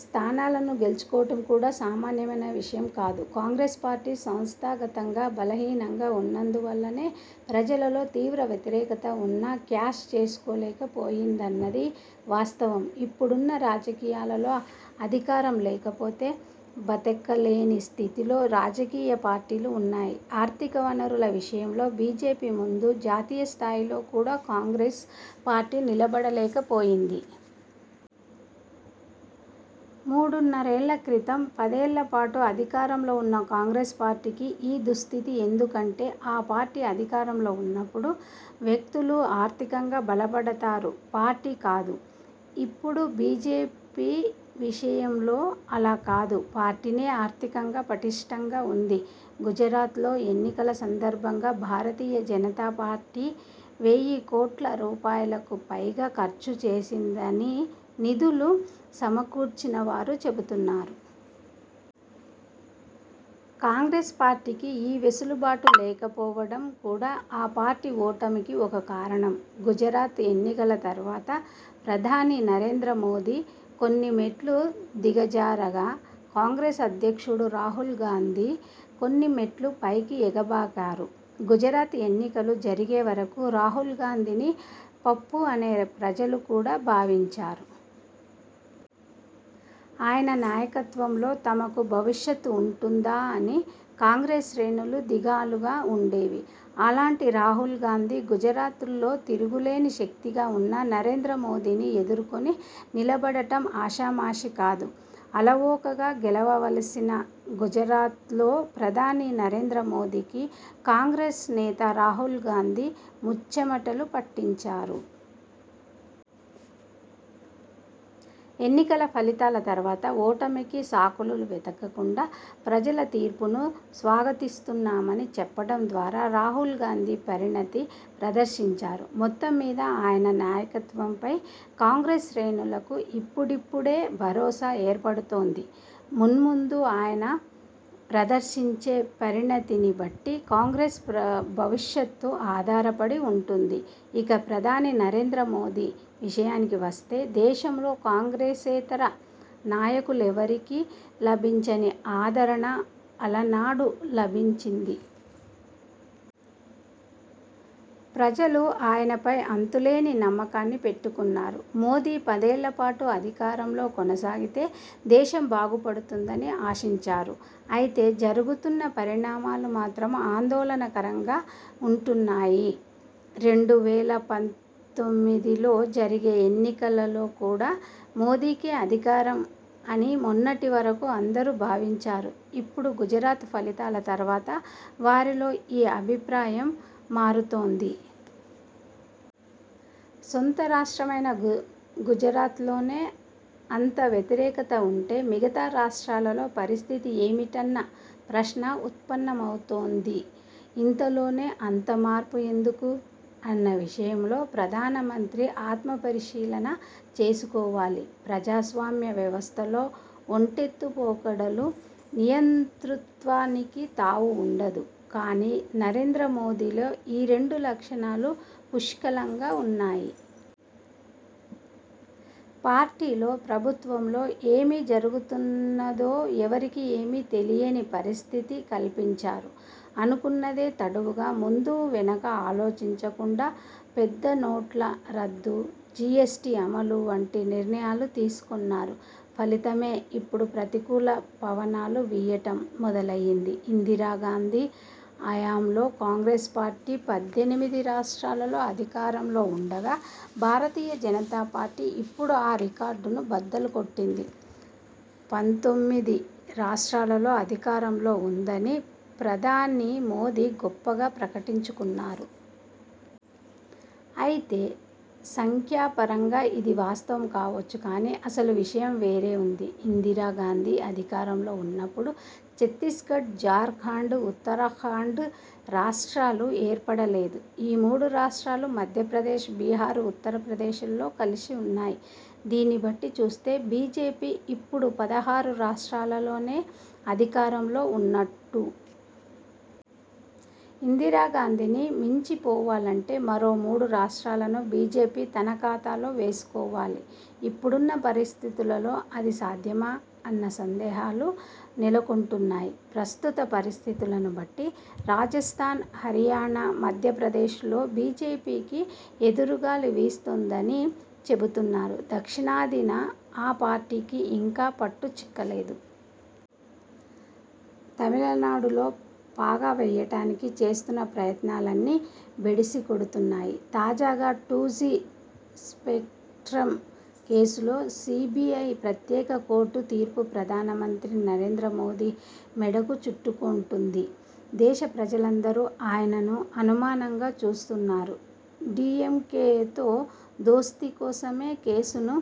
స్థానాలను గెల్చుకోవడం కూడా సామాన్యమైన విషయం కాదు. కాంగ్రెస్ పార్టీ సంస్థాగతంగా బలహీనంగా ఉన్నందు వల్లనే ప్రజలలో తీవ్ర వ్యతిరేకత ఉన్నా క్యాష్ చేసుకోలేక పోయిందన్నది వాస్తవం. ఇప్పుడున్న రాజకీయాలలో అధికారం లేకపోతే బతకలేని స్థితిలో రాజకీయ పార్టీలు ఉన్నాయి. ఆర్థిక వనరుల విషయంలో బీజేపీ ముందు జాతీయ స్థాయిలో కూడా కాంగ్రెస్ పార్టీ నిలబడలేక పోయింది. మూడున్నరేళ్ల క్రితం పదేళ్లపాటు అధికారంలో ఉన్న కాంగ్రెస్ పార్టీకి ఈ దుస్థితి ఎందుకంటే, ఆ పార్టీ అధికారంలో ఉన్నప్పుడు వ్యక్తులు ఆర్థికంగా లాభపడతారు. పార్టీ కాదు. ఇప్పుడు బీజేపీ విషయంలో అలా కాదు. పార్టీనే ఆర్థికంగా పటిష్ఠంగా ఉంది. గుజరాత్లో ఎన్నికల సందర్భంగా భారతీయ జనతా పార్టీ వెయ్యి కోట్ల రూపాయలకు పైగా ఖర్చు చేసిందని నిధులు సమకూర్చినవారు చెబుతున్నారు. కాంగ్రెస్ పార్టీకి ఈ వెసులుబాటు లేకపోవడం కూడా ఆ పార్టీ ఓటమికి ఒక కారణం. గుజరాత్ ఎన్నికల తర్వాత ప్రధాని నరేంద్ర మోదీ కొన్ని మెట్లు దిగజారగా, కాంగ్రెస్ అధ్యక్షుడు రాహుల్గాంధీ కొన్ని మెట్లు పైకి ఎగబాకారు. గుజరాత్ ఎన్నికలు జరిగే వరకు రాహుల్గాంధీని పప్పు అనే ప్రజలు కూడా భావించారు. ఆయన నాయకత్వంలో తమకు భవిష్యత్తు ఉంటుందా? అని కాంగ్రెస్ శ్రేణులు దిగాలుగా ఉండేవి. అలాంటి రాహుల్గాంధీ గుజరాత్లో తిరుగులేని శక్తిగా ఉన్న నరేంద్ర మోదీని ఎదుర్కొని నిలబడటం ఆషామాషీ కాదు. అలవోకగా గెలవవలసిన గుజరాత్లో ప్రధాని నరేంద్ర మోదీకి కాంగ్రెస్ నేత రాహుల్గాంధీ ముచ్చెమటలు పట్టించారు. ఎన్నికల ఫలితాల తర్వాత ఓటమికి సాకులు వెతకకుండా ప్రజల తీర్పును స్వాగతిస్తున్నామని చెప్పడం ద్వారా రాహుల్గాంధీ పరిణతి ప్రదర్శించారు. మొత్తం మీద ఆయన నాయకత్వంపై కాంగ్రెస్ శ్రేణులకు ఇప్పుడిప్పుడే భరోసా ఏర్పడుతోంది. మున్ముందు ఆయన ప్రదర్శించే పరిణతిని బట్టి కాంగ్రెస్ భవిష్యత్తు ఆధారపడి ఉంటుంది. ఇక ప్రధాని నరేంద్ర మోదీ విషయానికి వస్తే దేశంలో కాంగ్రెసేతర నాయకులెవరికీ లభించని ఆదరణ అలనాడు లభించింది. ప్రజలు ఆయనపై అంతులేని నమ్మకాన్ని పెట్టుకున్నారు. మోదీ పదేళ్లపాటు అధికారంలో కొనసాగితే దేశం బాగుపడుతుందని ఆశించారు. అయితే జరుగుతున్న పరిణామాలు మాత్రం ఆందోళనకరంగా ఉంటున్నాయి. రెండు వేల పంతొమ్మిదిలో జరిగే ఎన్నికలలో కూడా మోదీకే అధికారం అని మొన్నటి వరకు అందరూ భావించారు. ఇప్పుడు గుజరాత్ ఫలితాల తర్వాత వారిలో ఈ అభిప్రాయం మారుతోంది. సొంత రాష్ట్రమైన గుజరాత్లోనే అంత వ్యతిరేకత ఉంటే మిగతా రాష్ర్టాలలో పరిస్థితి ఏమిటన్న ప్రశ్న ఉత్పన్నమవుతోంది. ఇంతలోనే అంత మార్పు ఎందుకు? అన్న విషయంలో ప్రధానమంత్రి ఆత్మ పరిశీలన చేసుకోవాలి. ప్రజాస్వామ్య వ్యవస్థలో ఒంటెత్తు పోకడలు, నియంతృత్వానికి తావు ఉండదు. కానీ నరేంద్ర మోదీలో ఈ రెండు లక్షణాలూ పుష్కలంగా ఉన్నాయి. పార్టీలో, ప్రభుత్వంలో ఏమి జరుగుతున్నదో ఎవరికీ ఏమీ తెలియని పరిస్థితి కల్పించారు. అనుకున్నదే తడవుగా ముందూ, వెనుకా ఆలోచించకుండా పెద్దనోట్ల రద్దు, జీఎస్టీ అమలు వంటి నిర్ణయాలు తీసుకున్నారు. ఫలితమే ఇప్పుడు ప్రతికూల పవనాలు వీయడం మొదలయ్యింది. ఇందిరాగాంధీ హయాంలో కాంగ్రెస్ పార్టీ పద్దెనిమిది రాష్ర్టాలలో అధికారంలో ఉండగా, భారతీయ జనతా పార్టీ ఇప్పుడు ఆ రికార్డును బద్దలు కొట్టిం ధి, పంతొమ్మిది రాష్ర్టాలలో అధికారంలో ఉందనీ ప్రధాని మోదీ గొప్పగా ప్రకటించుకున్నారు. అయితే సంఖ్యాపరంగా ఇది వాస్తవం కావచ్చు గానీ అసలు విషయం వేరే ఉంది. ఇందిరాగాంధీ అధికారంలో ఉన్నప్పుడు ఛత్తీస్గఢ్, జార్ఖండ్, ఉత్తరాఖండ్ రాష్ర్టాలు ఏర్పడలేదు. ఈ మూడు రాష్ర్టాలు మధ్యప్రదేశ్, బిహార్, ఉత్తరప్రదేశ్లో కలిసి ఉన్నాయి. దీన్నిబట్టి చూస్తే బీజేపీ ఇప్పుడు పదహారు రాష్ర్టాలలోనే అధికారంలో ఉన్నట్టు! ఇందిరాగాంధీని మించి పోవాలంటే మరో మూడు రాష్ర్టాలను బీజేపీ తన ఖాతాలో వేసుకోవాలి. ఇప్పుడున్న పరిస్థితులలో అది సాధ్యమా? అన్న సందేహాలు నెలకొంటున్నాయి. ప్రస్తుత పరిస్థితులను బట్టి రాజస్థాన్, హరియాణ, మధ్యప్రదేశ్లో బీజేపీకి ఎదురుగాలి వీస్తోందని చెబుతున్నారు. దక్షిణాదిన ఆ పార్టీకి ఇంకా పట్టు చిక్కలేదు. తమిళనాడులో పాగా వేయడానికి చేస్తున్న ప్రయత్నాలన్నీ బెడిసి కొడుతున్నాయి. తాజాగా టూ జీ స్పెక్ట్రమ్ కేసులో సీబీఐ ప్రత్యేక కోర్టు తీర్పు ప్రధానమంత్రి నరేంద్ర మోదీ మెడకు చుట్టుకుంటోంది. దేశ ప్రజలందరూ ఆయనను అనుమానంగా చూస్తున్నారు. డీఎంకేతో దోస్తీ కోసమే కేసును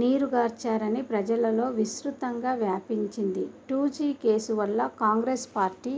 నీరుగార్చారని ప్రజలలో విస్తృతంగా వ్యాపించింది. టూ జీ కేసు వల్ల కాంగ్రెస్ పార్టీ